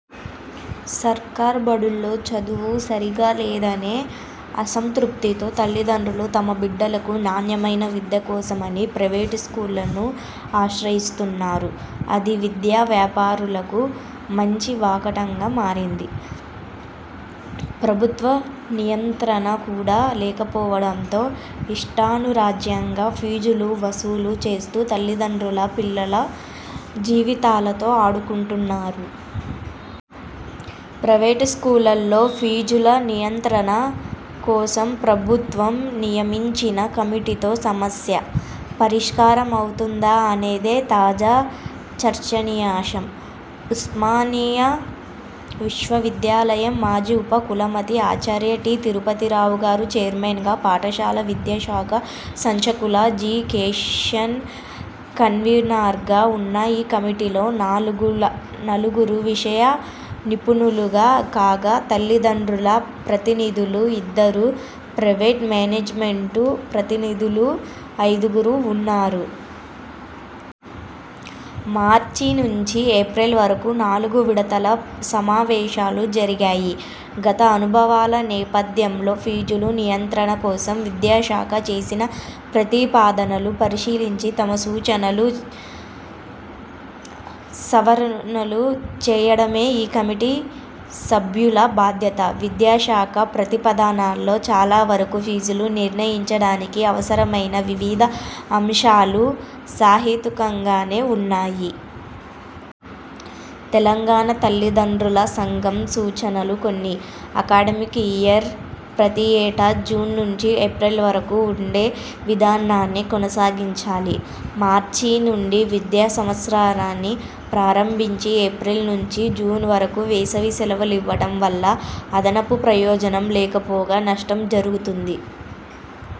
సర్కార్ బడుల్లో చదువు సరిగా లేదనే అసంతృప్తితో తల్లిదండ్రులు తమ బిడ్డలకు నాణ్యమైన విద్య కోసమని ప్రైవేట్ స్కూళ్ళను ఆశ్రయిస్తున్నారు. అది విద్యా వ్యాపారులకు మంచి వాకటంగా మారింది. ప్రభుత్వ నియంత్రణ కూడా లేకపోవడంతో ఇష్టానురాజ్యంగా ఫీజులు వసూలు చేస్తూ తల్లిదండ్రుల, పిల్లల జీవితాలతో ఆడుకుంటున్నారు. ప్రైవేట్ స్కూళ్ళలో ఫీజుల నియంత్రణ కోసం ప్రభుత్వం నియమించిన కమిటీతో సమస్య పరిష్కారం అవుతుందా అనేది తాజా చర్చనీయాంశం. ఉస్మానియా విశ్వవిద్యాలయం మాజీ ఉప కులపతి ఆచార్య టి. తిరుపతిరావు చైర్మన్గా, పాఠశాల విద్యా శాఖ సంచాలకులు జి. కిషన్ కన్వీనర్గా ఉన్న ఈ కమిటీలో నలుగురు విషయ నిపుణులు కాగా తల్లిదండ్రుల ప్రతినిధులు ఇద్దరు, ప్రైవేట్ మేనేజ్మెంటు ప్రతినిధులు ఐదుగురు వున్నారు. మార్చి నుంచి ఏప్రిల్ వరకు నాలుగు విడతల సమావేశాలు జరిగాయి. గత అనుభవాల నేపథ్యంలో ఫీజుల నియంత్రణ కోసం విద్యా శాఖ చేసిన ప్రతిపాదనలు పరిశీలించి తమ సూచనలు, సవరణలు చేయడమే ఈ కమిటీ సభ్యుల బాధ్యత. విద్యాశాఖ ప్రతిపాదనలలో చాలావరకు ఫీజులు నిర్ణయించడానికి అవసరమైన వివిధ అంశాలు సహేతుకంగానే వున్నాయి. తెలంగాణ తల్లిదండ్రుల సంఘం సూచనలు కొన్ని: అకడమిక్ ఇయర్ ప్రతి ఏటా జూన్ నుంచి ఏప్రిల్ వరకు వుండే విధానాన్నే కొనసాగించాలి. మార్చి నుంచి విద్యా సంవత్సరాన్ని ప్రారంభించి ఏప్రిల్ నుంచి జూన్ వరకు వేసవి సెలవులివ్వడం వల్ల అదనపు ప్రయోజనం లేకపోగా నష్టం జరుగుతుంది.